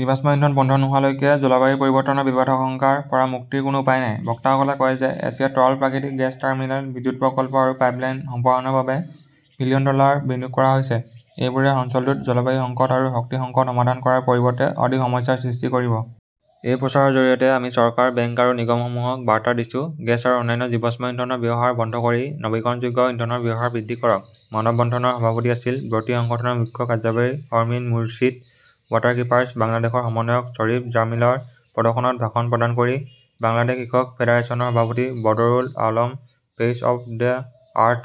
জীৱাশ্ম ইন্ধন বন্ধ নোহোৱালৈকে জলবায়ু পৰিৱৰ্তনৰ বিপদাশংকাৰ পৰা মুক্তিৰ কোনো উপায় নাই। বক্তাসকলে কয় যে এছিয়াত তৰল প্ৰাকৃতিক গেছ টাৰ্মিনেল, বিদ্যুৎ প্ৰকল্প আৰু পাইপলাইন সম্প্ৰসাৰণৰ বাবে বিলিয়ন ডলাৰ বিনিয়োগ কৰা হৈছে। এইবোৰে অঞ্চলটোত জলবায়ু সংকট আৰু শক্তি সংকট সমাধান কৰাৰ পৰিৱৰ্তে অধিক সমস্যাৰ সৃষ্টি কৰিব। এই প্ৰচাৰৰ জৰিয়তে আমি চৰকাৰ, বেংক আৰু নিগমসমূহক বাৰ্তা দিছো-গেছ আৰু অন্যান্য জীৱাশ্ম ইন্ধনৰ ব্যৱহাৰ বন্ধ কৰি নৱীকৰণযোগ্য ইন্ধনৰ ব্যৱহাৰ বৃদ্ধি কৰক। মানৱ বন্ধনৰ সভাপতি আছিল ব্ৰতি সংগঠনৰ মুখ্য কাৰ্যবাহী শৰ্মিন মুৰ্ছিদ ৱাটাৰকীপাৰ্ছ বাংলাদেশৰ সমন্বয়ক শ্বৰীফ জামিলৰ প্ৰদৰ্শনত ভাষণ প্ৰদান কৰি বাংলাদেশ কৃষক ফেডাৰেচনৰ সভাপতি Badrul Alam, face of the Earth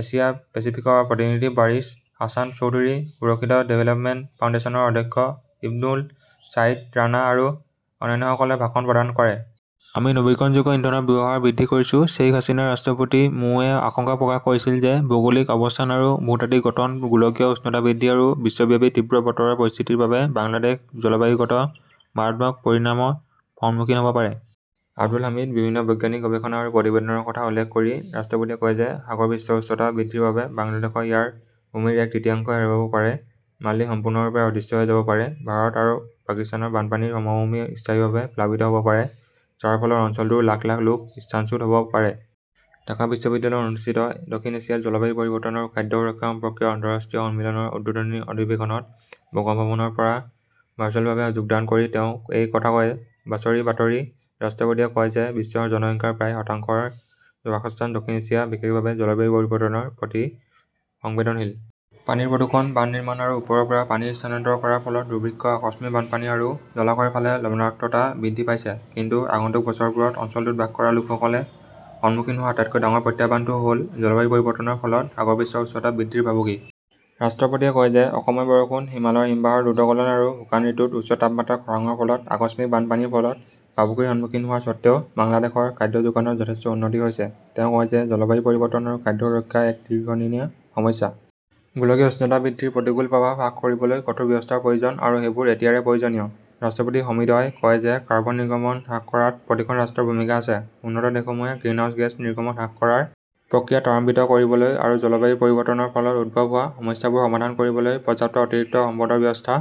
Asia পেচিফিকৰ প্ৰতিনিধি বাৰিশ হাছান চৌধুৰী, সুৰক্ষিত ডেভেলপমেণ্ট ফাউণ্ডেশ্যনৰ অধ্যক্ষ ইবনুল ছাইদ ৰাণা আৰু অন্যান্যসকলে ভাষণ প্ৰদান কৰে। আমি নৱীকৰণযোগ্য ইন্ধনৰ ব্যৱহাৰ বৃদ্ধি কৰিছোঃ শ্বেইখ হাছিনা ৰাষ্ট্ৰপতি মো -এ আশংকা প্ৰকাশ কৰিছিল যে ভৌগোলিক অৱস্থান আৰু ভূতাত্ত্বিক গঠন, গোলকীয় উষ্ণতা বৃদ্ধি আৰু বিশ্বব্যাপী তীব্ৰ বতৰৰ পৰিস্থিতিৰ বাবে বাংলাদেশ জলবায়ুগত মাৰাত্মক পৰিণামৰ সন্মুখীন হ 'ব পাৰে। আব্দুল হামিদ। বিভিন্ন বৈজ্ঞানিক গৱেষণা আৰু প্ৰতিবেদনৰ কথা উল্লেখ কৰি ৰাষ্ট্ৰপতিয়ে কয় যে সাগৰ পৃষ্ঠৰ উচ্চতা বৃদ্ধিৰ বাবে বাংলাদেশই ইয়াৰ ভূমিৰ এক তৃতীয়াংশ হেৰুৱাব পাৰে। মালদ্বীপ সম্পূৰ্ণৰূপে অদৃশ্য হৈ যাব পাৰে। ভাৰত আৰু পাকিস্তানৰ বানপানীৰ সমভূমি স্থায়ীভাৱে প্লাবিত হ 'ব পাৰে, যাৰ ফলত অঞ্চলটোৰ লাখ লাখ লোক স্থানচ্যুত হ' ব পাৰে। ঢাকা বিশ্ববিদ্যালয়ত অনুষ্ঠিত দক্ষিণ এছিয়াত জলবায়ু পৰিৱৰ্তন আৰু খাদ্য সুৰক্ষা সম্পৰ্কীয় আন্তঃৰাষ্ট্ৰীয় সন্মিলন"" ৰ উদ্বোধনী অধিৱেশনত বংগভবনৰ পৰা ভাৰ্চুৱেলভাৱে যোগদান কৰি তেওঁ এই কথা কয়। বাছৰ বাতৰি। ৰাষ্ট্ৰপতিয়ে কয় যে বিশ্বৰ জনসংখ্যাৰ প্ৰায় শতাংশৰ বাসস্থান দক্ষিণ এছিয়া বিশেষভাৱে জলবায়ু পৰিৱৰ্তনৰ প্ৰতি সংবেদনশীল। পানীৰ প্ৰদূষণ, বান্ধ নিৰ্মাণ আৰু ওপৰৰ পৰা পানী স্থানান্তৰ কৰাৰ ফলত দুৰ্ভিক্ষ, আকস্মিক বানপানী আৰু জলাশয়ৰ ফালে লবণাক্ততা বৃদ্ধি পাইছে। কিন্তু আগন্তুক বছৰবোৰত অঞ্চলটোত বাস কৰা লোকসকলে সন্মুখীন হোৱা আটাইতকৈ ডাঙৰ প্ৰত্যাহ্বানটো হ ""ল জলবায়ু পৰিৱৰ্তনৰ ফলত সাগৰ পৃষ্ঠৰ উচ্চতা বৃদ্ধিৰ ভাবুকি। ৰাষ্ট্ৰপতিয়ে কয় যে অসময় বৰষুণ, হিমালয়ৰ হিমবাহৰ দ্ৰুত গলন আৰু শুকান ঋতুত উচ্চ তাপমাত্ৰাৰ খৰাংৰ ফলত আকস্মিক বানপানীৰ ফলত ভাবুকিৰ সন্মুখীন হোৱাৰ স্বত্ত্বেও বাংলাদেশৰ খাদ্য যোগানত যথেষ্ট উন্নতি হৈছে। তেওঁ কয় যে জলবায়ু পৰিৱৰ্তন আৰু খাদ্য সুৰক্ষা এক দীৰ্ঘদিনীয়া সমস্যা। গোলকীয় উষ্ণতা বৃদ্ধিৰ প্ৰতিকূল প্ৰভাৱ হ্ৰাস কৰিবলৈ কঠোৰ ব্যৱস্থাৰ প্ৰয়োজন আৰু সেইবোৰ এতিয়াৰে প্ৰয়োজনীয়। ৰাষ্ট্ৰপতি হামিদই কয় যে কাৰ্বন নিৰ্গমন হ্ৰাস কৰাত প্ৰতিখন ৰাষ্ট্ৰৰ ভূমিকা আছে। উন্নত দেশসমূহে গ্ৰিনহাউজ গেছ নিৰ্গমন হ্ৰাস কৰাৰ প্ৰক্ৰিয়া ত্বৰান্বিত কৰিবলৈ আৰু জলবায়ু পৰিৱৰ্তনৰ ফলত উদ্ভৱ হোৱা সমস্যাবোৰ সমাধান কৰিবলৈ পৰ্যাপ্ত অতিৰিক্ত সম্পদৰ ব্যৱস্থা"